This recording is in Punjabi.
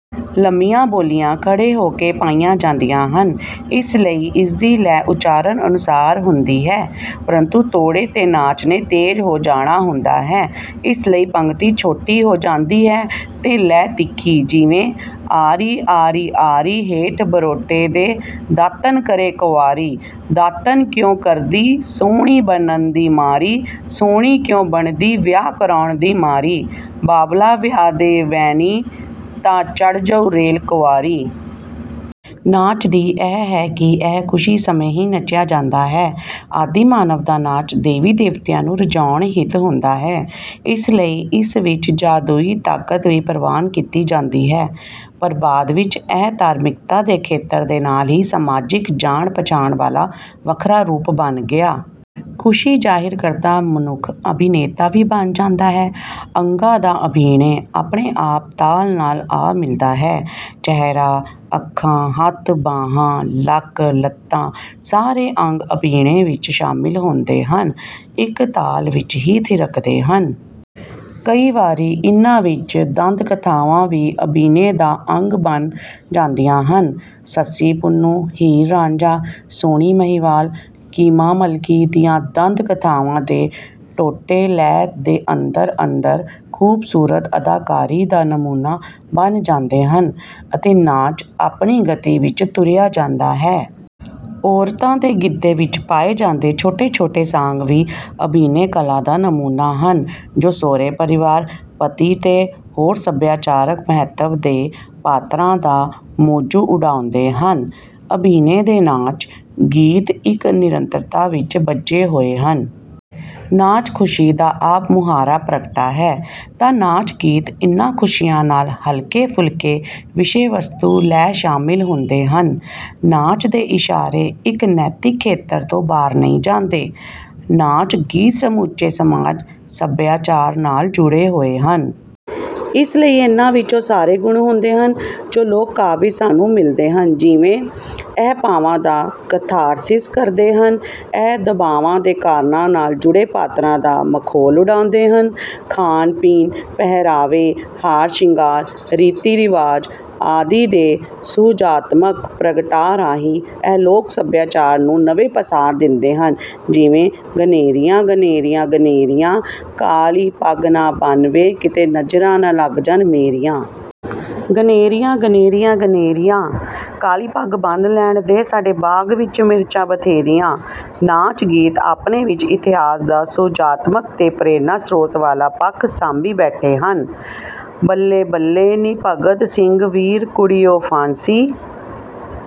ਲੰਮੀਆਂ ਬੋਲੀਆਂ ਖੜ੍ਹੇ ਹੋ ਕੇ ਪਾਈਆਂ ਜਾਂਦੀਆਂ ਹਨ ਇਸ ਲਈ ਇਸ ਦੀ ਲੈਅ ਉਚਾਰਣ ਅਨੁਸਾਰ ਹੁੰਦੀ ਹੈ ਪਰੰਤੂ ਤੋੜੇ ਤੇ ਨਾਚ ਨੇ ਤੇਜ਼ ਹੋ ਜਾਣਾ ਹੁੰਦਾ ਹੈ ਇਸ ਲਈ ਪੰਗਤੀ ਛੋਟੀ ਹੋ ਜਾਂਦੀ ਹੈ ਤੇ ਲੈਅ ਤਿੱਖੀ ਜਿਵੇਂ; ਆਰੀ ਆਰੀ ਆਰੀਹੇਠ ਬਰੋਟੇ ਦੇ ਦਾਤਣ ਕਰੇ ਕੁਆਰੀਦਾਤਣ ਕਿਉਂ ਕਰਦੀ ਸੁਹਣੀ ਬਣਨ ਦੀ ਮਾਰੀਸੁਹਣੀ ਕਿਉਂ ਬਣਦੀ ਵਿਆਹ ਕਰਾਉਣ ਦੀ ਮਾਰੀਬਾਬਲਾ ਵਿਆਹ ਦੇ ਵੇਨਹੀਂ ਤਾਂ ਚੜ੍ਹ ਜਾਊ ਰੇਲ ਕੁਆਰੀ। ਨਾਚ ਦੀ ਇਹ ਹੈ ਕਿ ਇਹ ਖੁਸ਼ੀ ਸਮੇਂ ਹੀ ਨੱਚਿਆ ਜਾਂਦਾ ਹੈ। ਆਦਿ ਮਾਨਵ ਦਾ ਨਾਚ ਦੇਵੀ ਦੇਵਤਿਆਂ ਨੂੰ ਰਿਝਾਉਣ ਹਿੱਤ ਹੁੰਦਾ ਹੈ ਇਸ ਲਈ ਇਸ ਵਿਚ ਜਾਦੂਈ ਤਾਕਤ ਵੀ ਪ੍ਰਵਾਣ ਕੀਤੀ ਜਾਂਦੀ ਹੈ ਪਰ ਬਾਦ ਵਿਚ ਇਹ ਧਾਰਮਿਕਤਾ ਦੇ ਖੇਤਰ ਦੇ ਨਾਲ ਹੀ ਸਮਾਜਿਕ ਜਾਣ ਪਛਾਣ ਵਾਲਾ ਵੱਖਰਾ ਰੂਪ ਬਣ ਗਿਆ। ਖੁਸ਼ੀ ਜ਼ਾਹਿਰ ਕਰਦਾ ਮਨੁੱਖ ਅਭਿਨੇਤਾ ਵੀ ਬਣ ਜਾਂਦਾ ਹੈ, ਅੰਗਾਂ ਦਾ ਅਭਿਨੈ ਆਪਣੇ ਆਪ ਤਾਲ ਨਾਲ ਆ ਮਿਲਦਾ ਹੈ। ਚਿਹਰਾ, ਅੱਖਾਂ, ਹੱਥ ਬਾਹਾਂ, ਲੱਕ, ਲੱਤਾਂ ਸਾਰੇ ਅੰਗ ਅਭਿਨੈ ਵਿਚ ਸ਼ਾਮਿਲ ਹੁੰਦੇ ਹਨ। ਇਕ ਤਾਲ ਵਿਚ ਹੀ ਥਿਰਕਦੇ ਹਨ। ਕਈ ਵਾਰੀ ਇਨ੍ਹਾਂ ਵਿਚ ਦੰਤ ਕਥਾਵਾਂ ਵੀ ਅਭਿਨੈ ਦਾ ਅੰਗ ਬਣ ਜਾਂਦੀਆਂ ਹਨ। ਸੱਸੀ-ਪੁੰਨੂ, ਹੀਰ-ਰਾਝਾਂ, ਸੋਹਣੀ-ਮਹੀਂਵਾਲ, ਕੀਮਾ-ਮਲਕੀ ਦੀਆਂ ਦੰਤ ਕਥਾਵਾਂ ਦੇ ਟੋਟੇ ਲੈਅ ਦੇ ਅੰਦਰ ਅੰਦਰ ਖੂਬਸੂਰਤ ਅਦਾਕਾਰੀ ਦਾ ਨਮੂਨਾ ਬਣ ਜਾਂਦੇ ਹਨ ਅਤੇ ਨਾਚ ਆਪਣੀ ਗਤੀ ਵਿਚ ਤੁਰਿਆ ਜਾਂਦਾ ਹੈ। ਔਰਤਾਂ ਦੇ ਗਿੱਧੇ ਵਿਚ ਪਾਏ ਜਾਂਦੇ ਛੋਟੇ ਛੋਟੇ ਸਾਂਗ ਵੀ ਅਭਿਨੈ ਕਲਾ ਦਾ ਨਮੂਨਾ ਹਨ ਜੋ ਸਹੁਰੇ ਪਰਿਵਾਰ, ਪਤੀ ਤੇ ਹੋਰ ਸਭਿਆਚਾਰਕ ਮਹੱਤਵ ਦੇ ਪਾਤਰਾਂ ਦਾ ਮੌਜੂ ਉਡਾਉਂਦੇ ਹਨ। ਅਭਿਨੈ ਤੇ ਨਾਚ। ਗੀਤ ਇਕ ਨਿਰੰਤਰਤਾ ਵਿਚ ਬੱਝੇ ਹੋਏ ਹਨ। ਨਾਚ ਖੁਸ਼ੀ ਦਾ ਆਪ ਮੁਹਾਰਾ ਪ੍ਰਗਟਾ ਹੈ ਤਾਂ ਨਾਚ ਗੀਤ ਇਨ੍ਹਾਂ ਖੁਸ਼ੀਆਂ ਨਾਲ ਹਲਕੇ ਫੁਲਕੇ ਵਿਸ਼ੇ ਵਸਤੂ ਲੈ ਸ਼ਾਮਿਲ ਹੁੰਦੇ ਹਨ। ਨਾਚ ਦੇ ਇਸ਼ਾਰੇ ਇਕ ਨੈਤਿਕ ਖੇਤਰ ਤੋਂ ਬਾਹਰ ਨਹੀਂ ਜਾਂਦੇ। ਨਾਚ ਗੀਤ ਸਮੁੱਚੇ ਸਮਾਜ ਸਭਿਆਚਾਰ ਨਾਲ ਜੁੜੇ ਹੋਏ ਹਨ। ਇਸ ਲਈ ਇੰਨ੍ਹਾਂ ਵਿਚ ਉਹ ਸਾਰੇ ਗੁਣ ਹੁੰਦੇ ਹਨ ਜੋ ਲੋਕ ਕਾਵਿ ਵਿਚ ਸਾਨੂੰ ਮਿਲਦੇ ਹਨ ਜਿਵੇਂ, ਇਹ ਭਾਵਾਂ ਦਾ ਕਥਾਰਸਿਸ ਕਰਦੇ ਹਨ, ਇਹ ਦਬਾਵਾਂ ਦੇ ਕਾਰਣਾਂ ਨਾਲ਼ ਜੁੜੇ ਪਾਤਰਾਂ ਦਾ ਮਖੌਲ ਉਡਾਉਂਦੇ ਹਨ, ਖਾਣ-ਪੀਣ, ਪਹਿਰਾਵੇ, ਹਾਰ-ਸ਼ਿੰਗਾਰ, ਰੀਤੀ ਰਿਵਾਜ ਆਦਿ ਦੇ ਸੁਹਜਾਤਮਕ ਪ੍ਰਗਟਾਅ ਰਾਹੀਂ ਇਹ ਲੋਕ ਸਭਿਆਚਾਰ ਨੂੰ ਨਵੇਂ ਪਾਸਾਰ ਦਿੰਦੇ ਹਨ ਜਿਵੇਂ, ਗਨੇਰੀਆ, ਗਨੇਰੀਆਂ, ਗਨੇਰੀਆ, ਕਾਲ਼ੀ ਪੱਗ ਨਾ ਬੰਨ੍ਹ ਵੇ ਕਿਤੇ ਨਜ਼ਰਾਂ ਨਾਂ ਲੱਗ ਜਾਣ ਮੇਰੀਆਂ। ਗਨੇਰੀਆਂ ਗਨੇਰੀਆਂ ਗਨੇਰੀਆਂ, ਕਾਲ਼ੀ ਪੱਗ ਬੰਨ੍ਹ ਲੈਣ ਦੇ ਸਾਡੇ ਬਾਗ ਵਿਚ ਮਿਰਚਾਂ ਬਥੇਰੀਆਂ। ਨਾਚ ਗੀਤ ਆਪਣੇ ਵਿਚ ਇਤਿਹਾਸ ਦਾ ਸੁਹਜਾਤਮਕ ਤੇ ਪ੍ਰੇਰਣਾ ਸ੍ਰੋਤ ਵਾਲ਼ਾ ਪੱਖ ਸਾਂਭੀ ਬੈਠੇ ਹਨ। ਬੱਲੇ ਬੱਲੇ ਨੀ ਭਗਤ ਸਿੰਘ ਵੀਰ ਕੁੜੀਉਫਾਂਸੀ